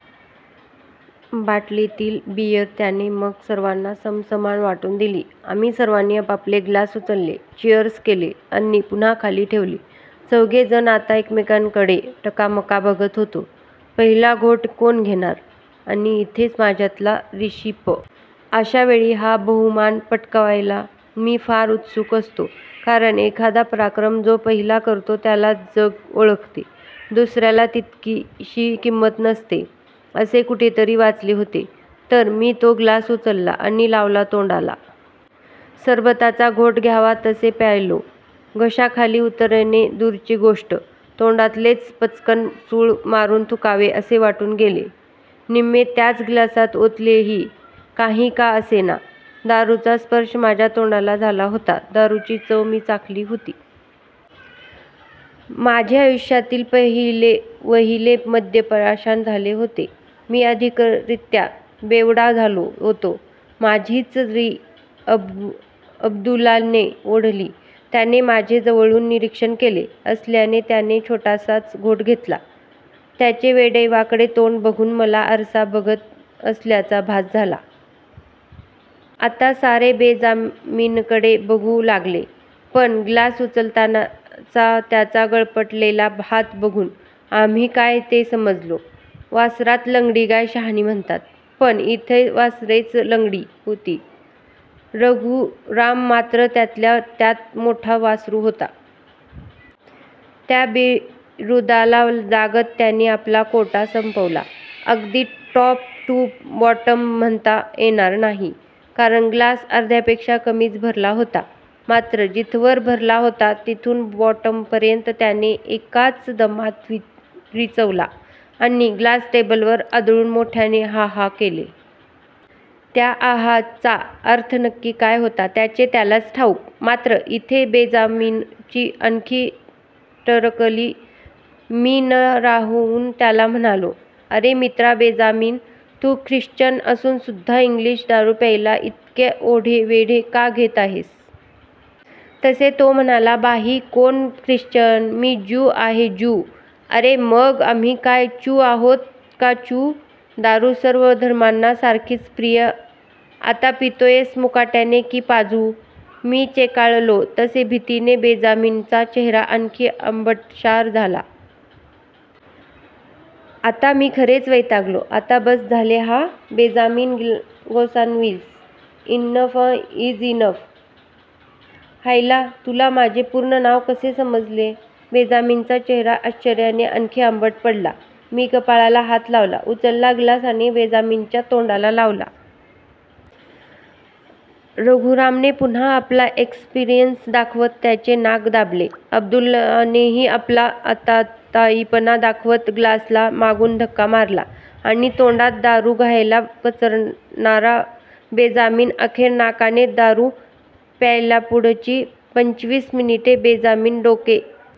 बाटलीतील beer त्यानेच मग सर्वांना समसमान वाटून दिली. आम्ही सर्वांनी आपापले ग्लास उचलले. चीअर्स केले. आणि पुन्हा खाली ठेवले. चौघे जण आता एकमेकांमडे टकामका बघत होतो. पहिला घोट कोण घेणार? आणि ईथे माझ्यातला 'रिशी पकूर' जागा झाला. अश्यावेळी हा बहुमान पटकवायला मी फार उत्सुक असतो. कारण एखादा पराक्रम जो पहिला करतो त्यालाच जग ओळखते, दुसर्याला तितकीशी किंमत नसते. असे कुठेतरी वाचले होते. तर मी तो ग्लास उचलला आणि लावला तोंडाला. सरबताचा घोट घ्यावा तसे प्यायलो. घशाखाली उतरणे दूरची गोष्ट, तोंडातलेच पचकन चूळ मारून थुंकावे असे वाटून गेले. निम्मे त्याच ग्लासात ओतलेही. काही का असेना! दारूचा स्पर्श माझ्या तोंडाला झाला होता. दारूची चव मी चाखली होती. माझे आयुष्यातील पहिलेवहिले मद्यप्राशन झाले होते. मी अधिकृतरीत्या 'बेवडा' झालो होतो! माझीच री अब्दुल्लाने ओढली. त्याने माझे जवळून निरीक्षण केले असल्याने त्याने छोटासाच घोट घेतला. त्याचे वेडेवाकडे तोंड बघून मला आरसा बघत असल्याचा भास झाला. आता सारे बेंजामीनकडे बघू लागले. पण ग्लास उचलतानाचा त्याचा गळपटलेला हात बघून आम्ही काय ते समजलो. वासरात लंगडी गाय शहाणी म्हणतात, पण ईथे वासरेच लंगडी होती. रघुराम मात्र त्यातल्या त्यात मोठा वासरू होता. त्या बिरुदाला जागत त्याने आपला कोटा संपवला. अगदी टॉप टू बॉटम म्हणता येणार नाही, कारण ग्लास अर्ध्यापेक्षा कमीच भरला होता. मात्र जिथवर भरला होता तिथून बॉटमपर्यंत त्याने एकाच दमात रिचवला. आणि ग्लास टेबलवर आदळून मोठ्याने "हांह" केले. त्या 'हांह' चा अर्थ नक्की काय होता त्याचे त्यालाच ठाऊक, मात्र ईथे बेंजामीनची आणखी टरकली. मी न राहवून त्याला म्हणालो, "अरे मित्रा बेंजामीन, तू ख्रिश्चन असून सुद्धा इंग्लिश दारू प्यायला ईतके आढेवेढे का घेत आहेस? "तसे तो म्हणाला, "भाई कोण ख्रिश्चन? मी ज्यू आहे ज्यू.. ""अरे मग आम्ही काय चु आहोत का चु? दारू सर्व धर्मांना सारखीच प्रिय! आता पितोयस मुकाट्याने की पाजू? " मी चेकाळलो. तसे भितीने बेंजामीनचा चेहरा आणखी आंबटशार झाला. आता मी खरेच वैतागलो, "आता बस्स झाले हा Benjamin Gonsalves.. enough is enough! ""हायला!, तुला माझे पुर्ण नाव कसे समजले? " बेंजामीनचा चेहरा आश्चर्याने आणखी आंबट पडला. मी कपाळाला हात लावला. उचलला ग्लास आणि बेंजामीनच्या तोंडाला लावला. रघुरामने पुन्हा आपला एक्सपिरंन्स दाखवत त्याचे नाक दाबले. अब्दुल्लानेही आपला आतातायीपणा दाखवत ग्लासला मागून धक्का मारला. आणि तोंडात दारू घ्यायला कचरणारा बेंजामीन, अखेर नाकाने दारू प्यायलापुढची पंचवीस मिनिटे बेंजामीन डोके